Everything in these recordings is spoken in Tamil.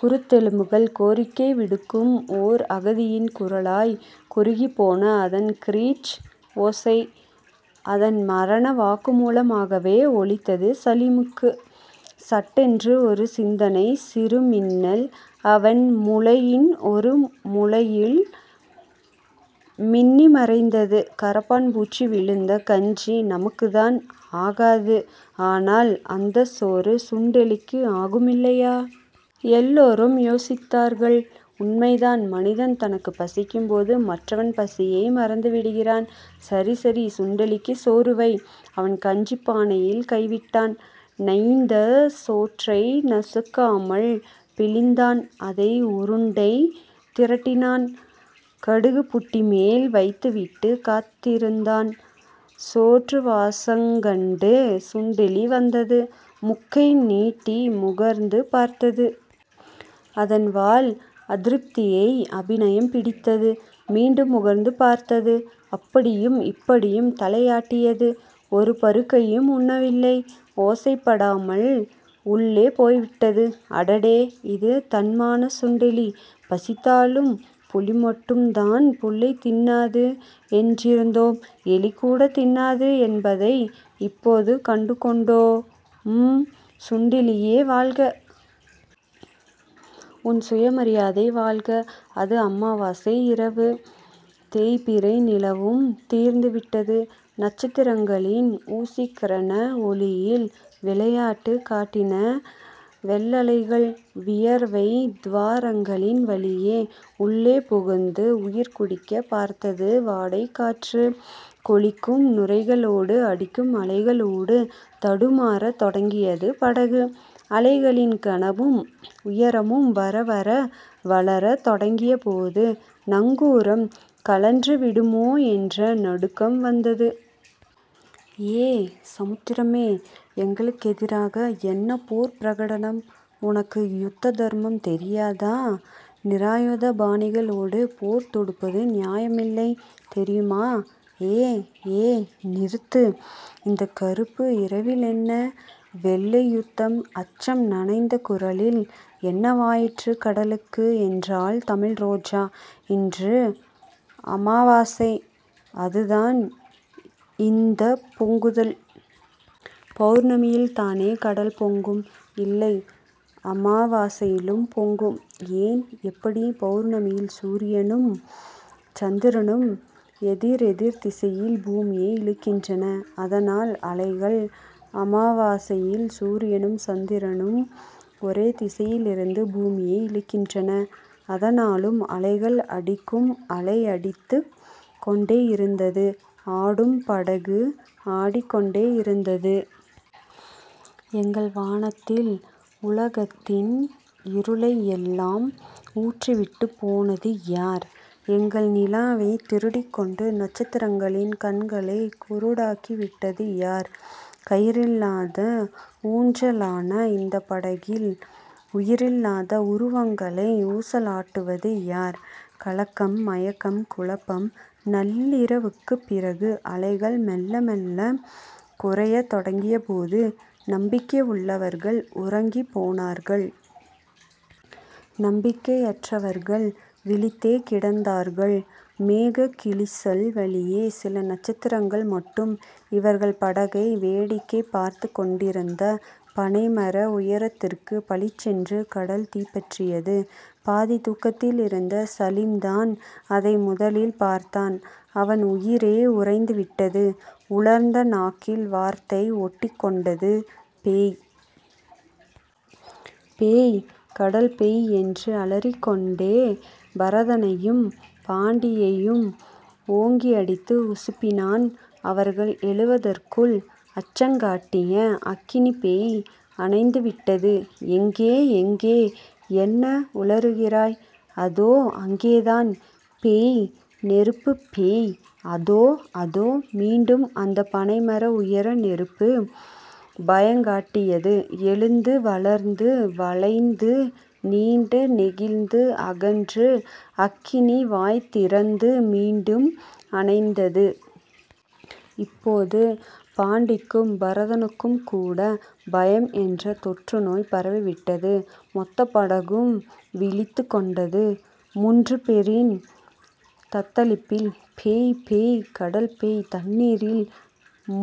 குருத்தெலும்புகள். கோரிக்கை விடுக்கும் ஓர் அகதியின் குரலாய்க் குறுகிப் போன அதன் கிரீச் ஓசை அதன் மரண வாக்குமுலமாகவே ஒலித்தது சலீமுக்கு. சட்டென்று ஒரு சிந்தனைச் சிறுமின்னல் அவன் முளையின் ஒரு முலையில் மின்னிமறைந்தது. கரப்பான்பூச்சி விழுந்த கஞ்சி நமக்குத்தான் ஆகாது. ஆனால் அந்தச் சோறு சுண்டெலிக்கு ஆகுமில்லையா? எல்லோரும் யோசித்தார்கள். உண்மைதான். மனிதன் தனக்குப் பசிக்கும்போது மற்றவன் பசியை மறந்துவிடுகிறான். சரி சரி. சுண்டெலிக்குச் சோறு வை. அவன் கஞ்சிப் பானையில் கைவிட்டான். நைந்த சோற்றை நசுங்காமல் பிழிந்தான். அதை உருண்டை திரட்டினான். கடுகுபுட்டி மேல் வைத்துவிட்டுக் காத்திருந்தான். சோற்றுவாசங்கண்டு சுண்டெலி வந்தது. முக்கை நீட்டி முகர்ந்து பார்த்தது. அதன் வால் அதிருப்தியை அபிநயம் பிடித்தது. மீண்டும் முகர்ந்து பார்த்தது. அப்படியும் இப்படியும் தலையாட்டியது. ஒரு பருக்கையும் உண்ணவில்லை. ஓசைப்படாமல் உள்ளே போய்விட்டது. அடடே. இது தன்மானச் சுண்டெலி. பசித்தாலும் புலிமட்டும்தான் புல்லைத் தின்னாது என்றிருந்தோம். எலிகூடத் தின்னாது என்பதை இப்போது கண்டுகொண்டோ ம். சுண்டெலியே வாழ்க. உன் சுயமரியாதை வாழ்க. அது அமாவாசை இரவு. தேய்பிறை நிலவும் தீர்ந்துவிட்டது. நட்சத்திரங்களின் ஊசிக்கிரண ஒளியில் விளையாட்டுக் காட்டின வெள்ளலைகள். வியர்வைத் துவாரங்களின் வழியே உள்ளே புகுந்து உயிர்குடிக்கப் பார்த்தது வாடைக்காற்று. கொழிக்கும் நுரைகளோடு அடிக்கும் அலைகளோடு தடுமாறத் தொடங்கியது படகு. அலைகளின் கனமும் உயரமும் வரவர வளரத் தொடங்கியபோது நங்கூரம் கழன்றுவிடுமோ என்ற நடுக்கம் வந்தது. ஏ சமுத்திரமே. எங்களுக்கெதிராக என்ன போர்ப் பிரகடனம்? உனக்கு யுத்த தர்மம் தெரியாதா? நிராயுதபாணிகளோடு போர் தொடுப்பது நியாயமில்லை தெரியுமா? ஏ. ஏ. நிறுத்து. இந்தக் கறுப்பு இரவிலென்ன வெள்ளை யுத்தம்? அச்சம் நனைந்த குரலில் என்னவாயிற்று கடலுக்கு? என்றாள் தமிழ்ரோஜா. இன்று அமாவாசை. அதுதான் இந்தப் பொங்குதல். பெளர்ணமியில்தானே கடல் பொங்கும்? இல்லை அமாவாசையிலும் பொங்கும் ஏன்... எப்படி? பெளர்ணமியில் சூரியனும் சந்திரனும் எதிரெதிர் திசையில் பூமியை இழுக்கின்றன அதனால் அலைகள். அமாவாசையில் சூரியனும் சந்திரனும் ஒரே திசையிலிருந்து பூமியை இழுக்கின்றன. அதனாலும் அலைகள். அடிக்கும் அலை அடித்துக் கொண்டேயிருந்தது. ஆடும் படகு ஆடிக் கொண்டேயிருந்தது. எங்கள் வானத்தில் உலகத்தின் இருளையெல்லாம் ஊற்றிவிட்டுப் போனது யார்? எங்கள் நிலாவைத் திருடிக்கொண்டு நட்சத்திரங்களின் கண்களைக் குருடாக்கிவிட்டது யார்? கயிறில்லாத ஊஞ்சலான இந்தப் படகில் உயிரில்லாத உருவங்களை ஊசலாட்டுவது யார்? கலக்கம். மயக்கம். குழப்பம். நள்ளிரவுக்குப் பிறகு அலைகள் மெள்ள மெள்ளக் குறையத் தொடங்கியபோது நம்பிக்கை உள்ளவர்கள் உறங்கிப் போனார்கள். நம்பிக்கையற்றவர்கள் விழித்தே கிடந்தார்கள். மேகக் கிழிசல் வழியே சில நட்சத்திரங்கள் மட்டும் இவர்கள் படகை வேடிக்கை பார்த்துக் கொண்டிருந்த பனைமர உயரத்திற்குப் பளிச்சென்று கடல் தீப்பற்றியது. பாதித் தூக்கத்திலிருந்த சலீம்தான் அதை முதலில் பார்த்தான். அவன் உயிரே உறைந்துவிட்டது. உலர்ந்த நாக்கில் வார்த்தை ஒட்டிக்கொண்டது. பேய். பேய். கடல்பேய். என்று அலறிக்கொண்டே பரதனையும் பாண்டியையும் ஓங்கியடித்து உசுப்பினான். அவர்கள் எழுவதற்குள் அச்சங்காட்டிய அக்கினிப்பேய் அணைந்துவிட்டது. எங்கே? எங்கே? என்ன உளறுகிறாய்? அதோ.. அங்கேதான். பேய். நெருப்புப் பேய். அதோ. அதோ. மீண்டும் அந்தப் பனைமர உயர நெருப்பு பயங்காட்டியது. எழுந்து வளர்ந்து வளைந்து நீண்டு நெகிழ்ந்து அகன்று அக்கினி வாய்திறந்து மீண்டும் அணைந்தது. இப்போது பாண்டிக்கும் பரதனுக்கும்கூடப் பயம் என்ற தொற்றுநோய் பரவிவிட்டது. மொத்தப் படகும் விழித்துக் கொண்டது முன்று பேரின் தத்தளிப்பில். பேய். பேய். கடல் பேய். தண்ணீரில்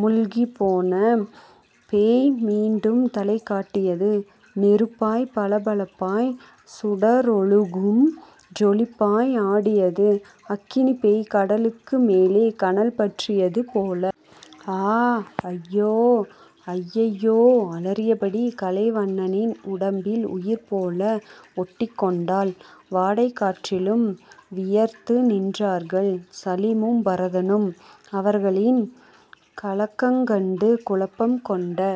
முழ்கிப்போன பேய் மீண்டும் தலைகாட்டியது. நெருப்பாய் பளபளப்பாய் சுடரொழுகும் ஜொலிப்பாய் ஆடியது அக்கினிப் பேய் கடலுக்கு மேலே கனல் பற்றியது போல. ஆ. அய்யோ. அய்யய்யோ. அலறியபடி கலைவண்ணனின் உடம்பில் உயிர்போல ஒட்டிக்கொண்டாள் வாடைக்காற்றிலும் வியர்த்து நின்றார்கள் சலீமும் பரதனும். அவர்களின் கலக்கங்கண்டு குழப்பம்கொண்ட